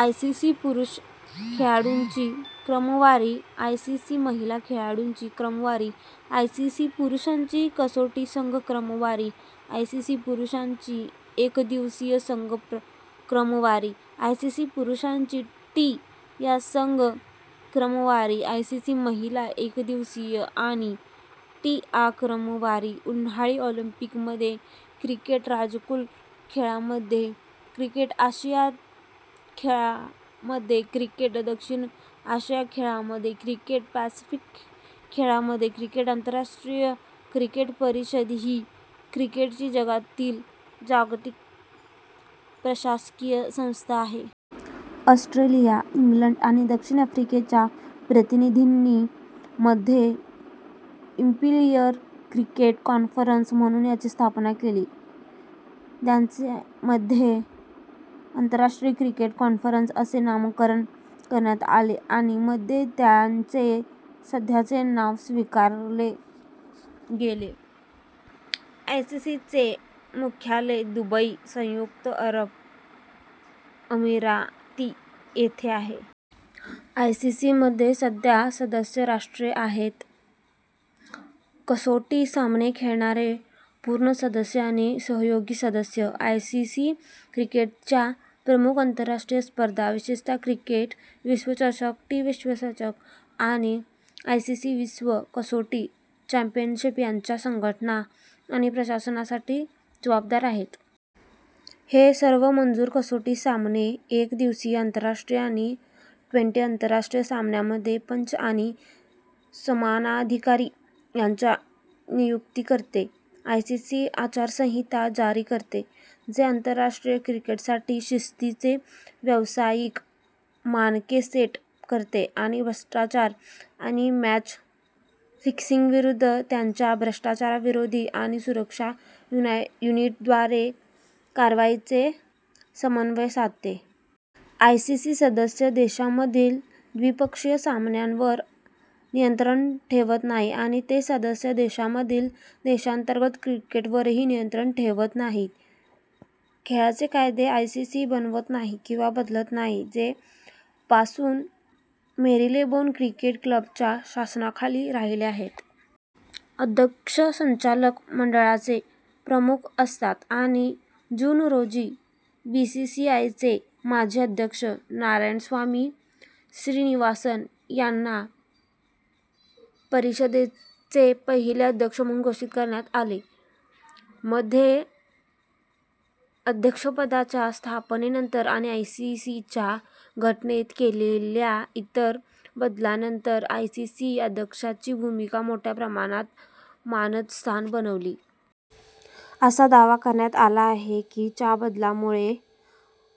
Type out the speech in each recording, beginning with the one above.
ICC पुरुष खेळाडूंची क्रमवारी आयसीसी महिला खेळाडूंची क्रमवारी आयसीसी पुरुषांची कसोटी संघ क्रमवारी आयसीसी पुरुषांची एकदिवसीय संघ क्रमवारी आयसीसी पुरुषांची टी आ संघ क्रमवारी आयसीसी महिला एकदिवसीय आणि टी आ क्रमवारी उन्हाळी ऑलिंपिकमध्ये क्रिकेट राष्ट्रकुल खेळांमध्ये क्रिकेट आशियाई खेळांमध्ये क्रिकेट दक्षिण आशियाई खेळांमध्ये क्रिकेट पॅसिफिक खेळांमध्ये क्रिकेट आंतरराष्ट्रीय क्रिकेट परिषद ही क्रिकेटची जागतिक प्रशासकीय संस्था आहे. ऑस्ट्रेलिया, इंग्लंड आणि दक्षिण आफ्रिकेच्या प्रतिनिधींनी मध्ये "इम्पीरियल क्रिकेट कॉन्फरन्स" म्हणून त्याची स्थापना केली. त्याचे मध्ये आंतरराष्ट्रीय क्रिकेट कॉन्फरन्स असे नामकरण करण्यात आले आणि मध्ये त्याचे सध्याचे नाव स्वीकारले गेले. आयसीसी चे मुख्यालय दुबई, संयुक्त अरब अमिराती येथे आहे. आयसीसी मध्ये सध्या सदस्य राष्ट्रे आहेत: कसोटी सामने खेळणारे पूर्ण सदस्य आणि सहयोगी सदस्य. आयसीसी क्रिकेटच्या प्रमुख आंतरराष्ट्रीय स्पर्धा, विशेषतः क्रिकेट विश्वचषक, टी- विश्वचषक आणि आयसीसी विश्व कसोटी चॅम्पियनशिप यांच्या संघटना आणि प्रशासनासाठी जबाबदार आहे. हे सर्व मंजूर कसोटी सामने, एक दिवसीय आंतरराष्ट्रीय आणि ट्वेंटी- आंतरराष्ट्रीय सामन्यांमध्ये पंच आणि सामनाधिकारी यांची नियुक्ती करते. आयसीसी आचारसंहिता जारी करते, जे आंतरराष्ट्रीय क्रिकेटसाठी शिस्तीचे व्यावसायिक मानके सेट करते आणि भ्रष्टाचार आणि मॅच फिक्सिंगविरुद्ध त्याच्या भ्रष्टाचारविरोधी आणि सुरक्षा युनिटद्वारे कारवाईचे समन्वय साधते. आयसीसी सदस्य देशांमधील द्विपक्षीय सामन्यांवर नियंत्रण ठेवत नाही आणि ते सदस्य देशांमधील देशांतर्गत क्रिकेटवरही नियंत्रण ठेवत नाही. खेळाचे कायदे आयसीसी बनवत नाही किंवा बदलत नाही, जे पासून मेरीलेबोन क्रिकेट क्लबच्या शासनाखाली राहिले आहेत. अध्यक्ष संचालक मंडळाचे प्रमुख असतात आणि जून रोजी, बीसीसीआयचे माजी अध्यक्ष नारायणस्वामी श्रीनिवासन यांना परिषदेचे पहिले अध्यक्ष म्हणून घोषित करण्यात आले. मध्ये अध्यक्षपदाच्या स्थापनेनंतर आणि आयसीसीच्या घटनेत केलेल्या इतर बदलांनंतर आयसीसी अध्यक्षाची भूमिका मोठ्या प्रमाणात मानद स्थान बनली. असा दावा करण्यात आला आहे की च्या बदलांमुळे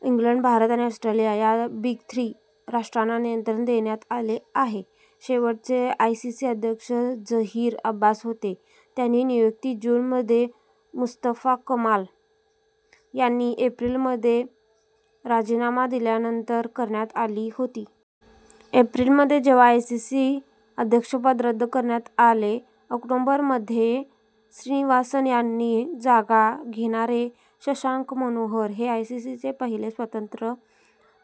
इंग्लंड, भारत आणि ऑस्ट्रेलिया या 'बिग थ्री' राष्ट्रांना नियंत्रण देण्यात आले आहे. शेवटचे आयसीसी अध्यक्ष झहीर अब्बास होते, त्यांची नियुक्ती जून मध्ये मुस्तफा कमाल यांनी एप्रिल मध्ये राजीनामा दिल्यानंतर करण्यात आली होती. एप्रिल मध्ये जेव्हा आयसीसी अध्यक्षपद रद्द करण्यात आले, ऑक्टोबर मध्ये श्रीनिवासन यांची जागा घेणारे शशांक मनोहर हे आयसीसीचे पहिले स्वतंत्र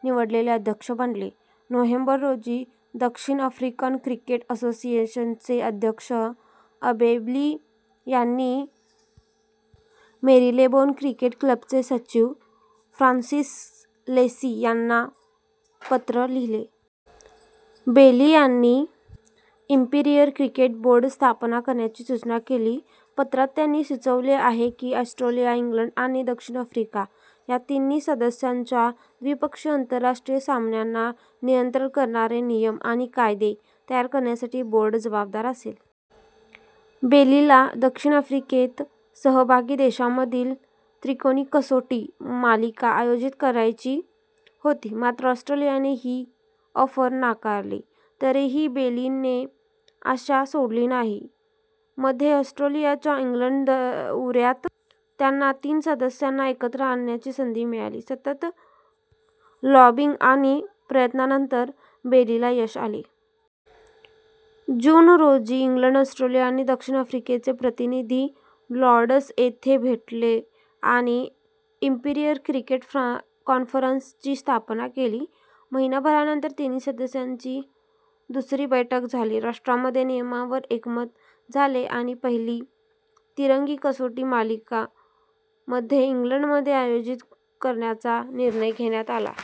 निवडलेले अध्यक्ष बनले. नोव्हेंबर रोजी, दक्षिण आफ्रिकन क्रिकेट असोसिएशनचे अध्यक्ष अबे बेली यांनी मेरीलेबोन क्रिकेट क्लबचे सचिव, फ्रान्सिस लेसी यांना पत्र लिहिले. बेली यांनी 'इम्पीरियल क्रिकेट बोर्ड' स्थापन करण्याची सूचना केली. पत्रात त्यांनी सुचवले आहे की ऑस्ट्रेलिया, इंग्लंड आणि दक्षिण आफ्रिका या तिन्ही सदस्यांच्या द्विपक्षीय आंतरराष्ट्रीय सामन्यांना नियंत्रित करणारे नियम आणि कायदे तयार करण्यासाठी बोर्ड जबाबदार असेल. बेलीला दक्षिण आफ्रिकेत सहभागी देशांमधील त्रिकोणी कसोटी मालिका आयोजित करायची होती. मात्र, ऑस्ट्रेलियाने ही ऑफर नाकारली. तरीही बेलीने आशा सोडली नाही. मध्ये ऑस्ट्रेलियाच्या इंग्लंड दौऱ्यात त्यांना तीन सदस्यांना एकत्र आणण्याची संधी मिळाली. सतत लॉबिंग आणि प्रयत्नांनंतर, बेलीला यश मिळाले. जून रोजी, इंग्लंड, ऑस्ट्रेलिया आणि दक्षिण आफ्रिकेचे प्रतिनिधी लॉर्ड्स येथे भेटले आणि इम्पीरियल क्रिकेट कॉन्फरन्स ची स्थापना केली. महिनाभरानंतर तिन्ही सदस्यांची दुसरी बैठक झाली. राष्ट्रांमध्ये नियमांवर एकमत झाले आणि पहिली तिरंगी कसोटी मालिका मध्ये इंग्लंडमध्ये आयोजित करण्याचा निर्णय घेण्यात आला.